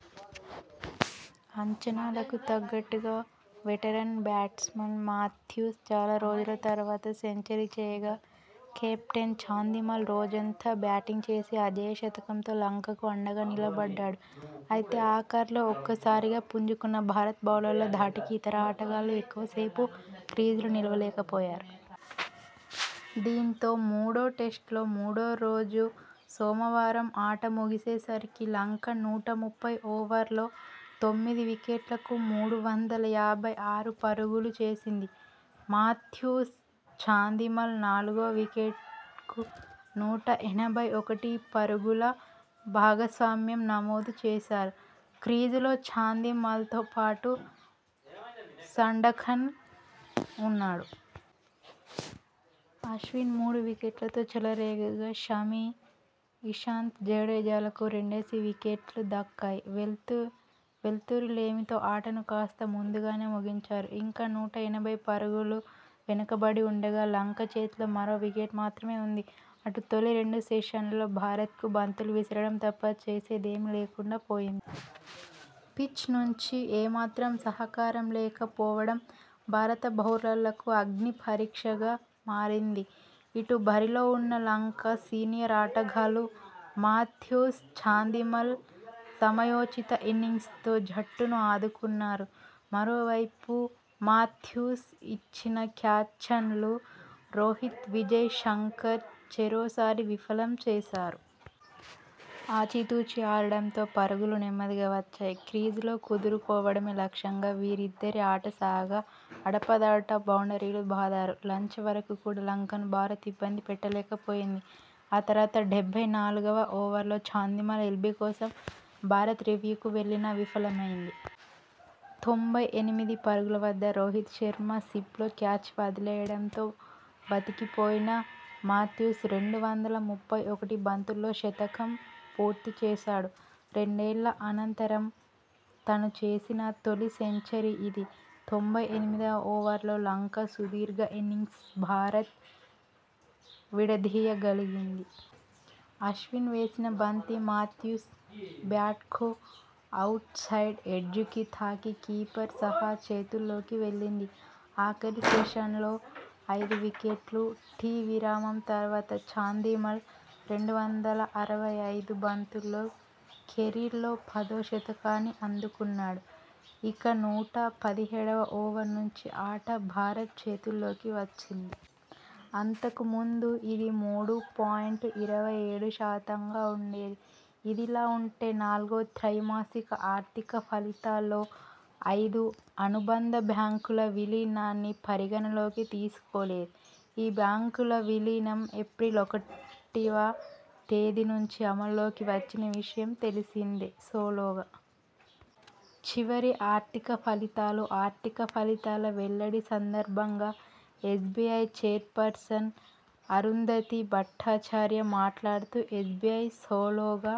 అంచనాలకు తగ్గట్టుగా veteran batsman Mathews చాలా రోజుల తర్వాత సెంచరీ చేయగా కెప్టెన్ చాందిమల్ రోజంతా బ్యాటింగ్ చేసి అజేయ శతకంతో లంకకు అండగా నిలబడ్డాడు. అయితే ఆఖర్లో ఒక్క సారిగా పుంజుకున్న భారత్ బౌలర్ల ధాటికి ఇతర ఆటగాళ్లు ఎక్కువ సేపు క్రీజులో నిలవలేకపోయారు. దీంతో మూడో టెస్టులో మూడో రోజు సోమవారం ఆట ముగిసే సరికి లంక నూట ముప్పై ఓవర్లలో తొమ్మిది వికెట్లకు మూడు వందల యాభై ఆరు పరుగులు చేసింది. మాథ్యూస్, చాందిమల్ నాలుగో వికెట్కు నూట ఎనభై ఒకటి పరుగుల భాగస్వామ్యం నమోదు చేశారు. క్రీజులో చాందిమల్తో పాటు సండకన్ ఉన్నాడు. అశ్విన్ మూడు వికెట్లతో చెలరేగగా షమీ, ఇషాంత్, జడేజాలకు రెండేసి వికెట్లు దక్కాయి. వెలుతుర్ వెలుతురు లేమితో ఆటను కాస్త ముందు గానే ముగించారు. ఇంకా నూట ఎనభై పరుగులు వెనక బడి ఉండగా లంక చేతిలో మరో వికెట్ మాత్రమే ఉంది. అటు తొలి రెండు సెషన్లలో భారత్కు బంతులు విసరడం తప్ప చేసే దేమీ లేకుండా పోయింది. పిచ్ నుంచి ఏమాత్రం సహకారం లేక పోవడం భారత బౌలర్లకు అగ్నిపరీక్షగా మారింది. ఇటు బరిలో ఉన్న లంక సీనియర్ ఆటగాళ్లు మాథ్యూస్, చాందిమల్ సమయోచిత ఇన్నింగ్స్తో జట్టును ఆదుకున్నారు. మరో వైపు మాథ్యూస్ ఇచ్చిన క్యాచన్లు రోహిత్, విజయ్ శంకర్ చెరోసారి విఫలం చేశారు. ఆచి తూచి ఆడడంతో పరుగులు నెమ్మదిగా వచ్చాయి. క్రీజులో కుదురు కోవడమే లక్ష్యంగా వీరిద్దరి ఆట సాగగా అడపా దటా బౌండరీలు బాదారు. లంచ్ వరకు కూడా లంకను భారత్ ఇబ్బంది పెట్టలేక పోయింది. ఆ తర్వాత డెబ్బై నాలుగోవ ఓవర్లో చాందిమల్ ఎల్బీ కోసం భారత్ రివ్యూకు వెళ్లినా విఫలమైంది. తొంభై ఎనిమిది పరుగుల వద్ద రోహిత్ శర్మ స్లిప్లో క్యాచ్ వదిలేయడంతో బతికిపోయిన మాథ్యూస్ రెండు వందల ముప్పై ఒకటి బంతుల్లో శతకం పూర్తి చేశాడు. రెండేళ్ల అనంతరం తను చేసిన తొలి సెంచరీ ఇది. తొంభై ఎనిమిదివ ఓవర్లో లంక సుదీర్ఘ ఇన్నింగ్స్ భారత్ విడదీయ గలిగింది. అశ్విన్ వేసిన బంతి మాథ్యూస్ బ్యాట్కు అవుట్ సైడ్ ఎడ్జ్కు తాకి కీపర్ సాహా చేతుల్లోకి వెళ్లింది. ఆఖరి సెషన్లో ఐదు వికెట్లు టీ విరామం తర్వాత చాందిమల్ రెండు వందల అరవై ఐదు బంతుల్లో కెరీర్లో పదో శతకాన్ని అందుకున్నాడు. ఇక నూట పదిహేడువ ఓవర్ నుంచి ఆట భారత్ చేతుల్లోకి వచ్చింది. అంతకు ముందు ఇది మూడు పాయింట్ ఇరవై ఏడు శాతంగా ఉండేది. ఇదిలా ఉంటే నాలుగో త్రైమాసిక ఆర్థిక ఫలితాల్లో ఐదు అనుబంధ బ్యాంకుల విలీనాన్ని పరిగణలోకి తీసుకోలేదు. ఈ బ్యాంకుల విలీనం ఏప్రిల్ ఒకటివ తేదీ నుంచి అమల్లోకి వచ్చిన విషయం తెలిసిందే. సోలోగా చివరి ఆర్థిక ఫలితాలు ఆర్థిక ఫలితాల వెల్లడి సందర్భంగా ఎస్బిఐ చైర్పర్సన్ అరుంధతీ భట్టాచార్య మాట్లాడుతూ ఎస్బిఐ సోలోగా